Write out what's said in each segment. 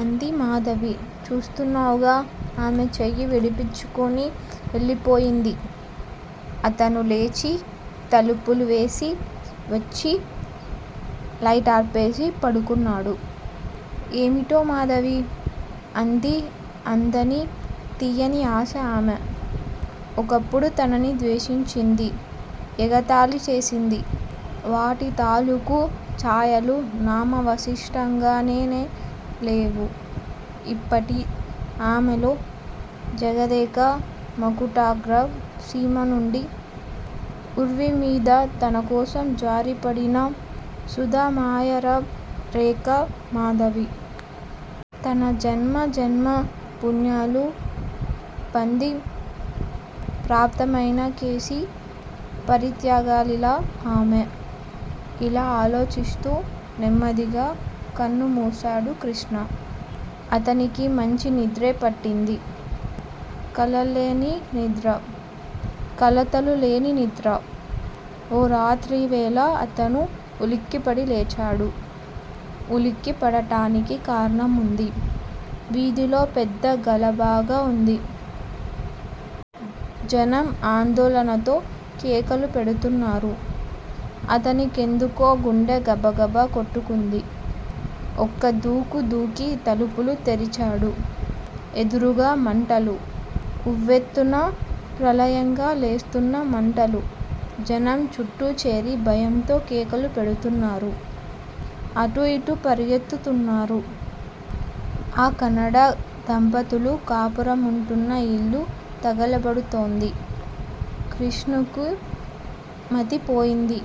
అంది మాధవి. చూస్తునావుగా. ఆమె చెయ్యి విడిపించుకుని వెళ్ళిపోయింది. అతను లేచి తలుపులు వేసి, వచ్చి లైటార్పేసి పడుకున్నాడు. ఏమిటో మాధవీ! అందీఅందని తియ్యని ఆశ ఆమె. ఒకప్పుడు తనని ద్వేషించింది. ఎగతాళి చేసింది. వాటి తాలూకు ఛాయలు నామావశిష్టంగానైనా లేవు యిప్పటి ఆమెలో జగదేక మకుటాగ్ర సీమనుండి ఉర్విమీద తనకోసం జారిపడిన సుధామయూర రేఖ మాధవి. తన జన్మ జనమ పుణ్యాలు పంది ప్రాప్తమైన కేశీ పరిత్యాగలీల ఆమె. ఇలా ఆలోచిస్తూ నెమ్మదిగా కన్నుమూశాడు కృష్ణ. అతనికి మంచి నిద్రే పట్టింది. కల్లల్లేని నిద్ర. కలతలు లేని నిద్ర. ఓ రాత్రివేళ అతను ఉలికిపడి లేచాడు. ఉలికిపడటానికి కారణముంది. వీధిలో పెద్ద గలాభాగా వుంది. జనం ఆందోళనతో కేకలుపెడ్తున్నారు. అతనికెందుకో గుండె గబగబ కొట్టుకుంది. ఒక్కదూకు దూకి తలుపులు తెరిచాడు. ఎదురుగా మంటలు, ఉవ్వెత్తున ప్రళయంగా లేస్తోన్న మంటలు. జనం చుట్టూచేరి భయంతో కేకలు పెడుతున్నారు. అటూయిటూ పరిగెత్తుతున్నారు. ఆ కన్నడ దంపతులు కాపురముంటూన్న యిల్లు తగలబడుతోంది. కృష్ణకు మతిపోయింది.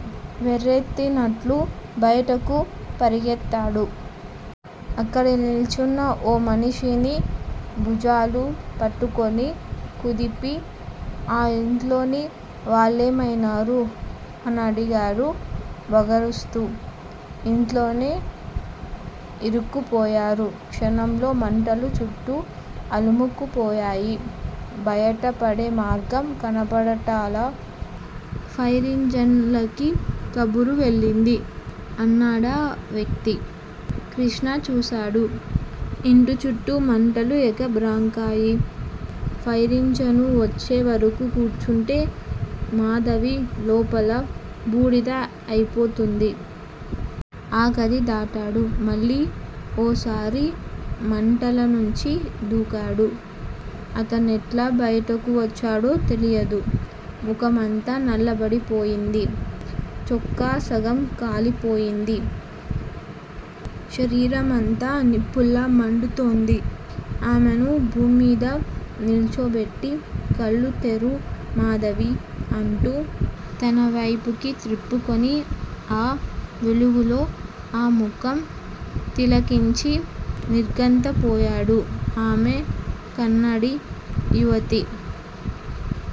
వెర్రెత్తినట్లు భయటకు పరిగెత్తాడు. అక్కడ నిల్చున్న ఓ మనిషిని భుజాలు పట్టుకుని కుదిపి ఆ ఇంట్లోని వాళ్ళేమైనారు? అనడిగాడు వగరుస్తూ. యింట్లోనే యిరుక్కుపోయారు. క్షణంలో మంటలు చుట్టూ అలుముకుపోయాయి. బయటపడే మార్గం కనపడటంలా. ఫైరింజనులకి కబురు వెళ్ళింది అన్నాడా వ్యక్తి. కృష్ణ చూశాడు. ఇంటిచుట్టూ మంటలు ఎగబ్రాకాయి. ఫైరింజానూ వచ్చేవరకూ కూర్చుంటే మాధవి లోపల బూడిద అయిపోతుంది. ఆ గది దాటాడు. మళ్ళీ ఓసారి మంటలనుంచి దూకాడు. అతనెట్లా బయటకు వచ్చాడో తెలీదు. ముఖమంతా నల్లబడిపోయింది. చొక్కా సగం కాలిపోయింది. శరీరమంతా నిప్పులా మండుతోంది. ఆమెను భూమ్మీద నిల్చోపెట్టి కళ్ళు తెరు మాధవీ! అంటూ తనవైపుకి త్రిప్పుకుని ఆ వెలుగులో ఆ ముఖం తిలకించి నిర్ఘాంతపోయాడు. ఆమె కన్నడి యువతి.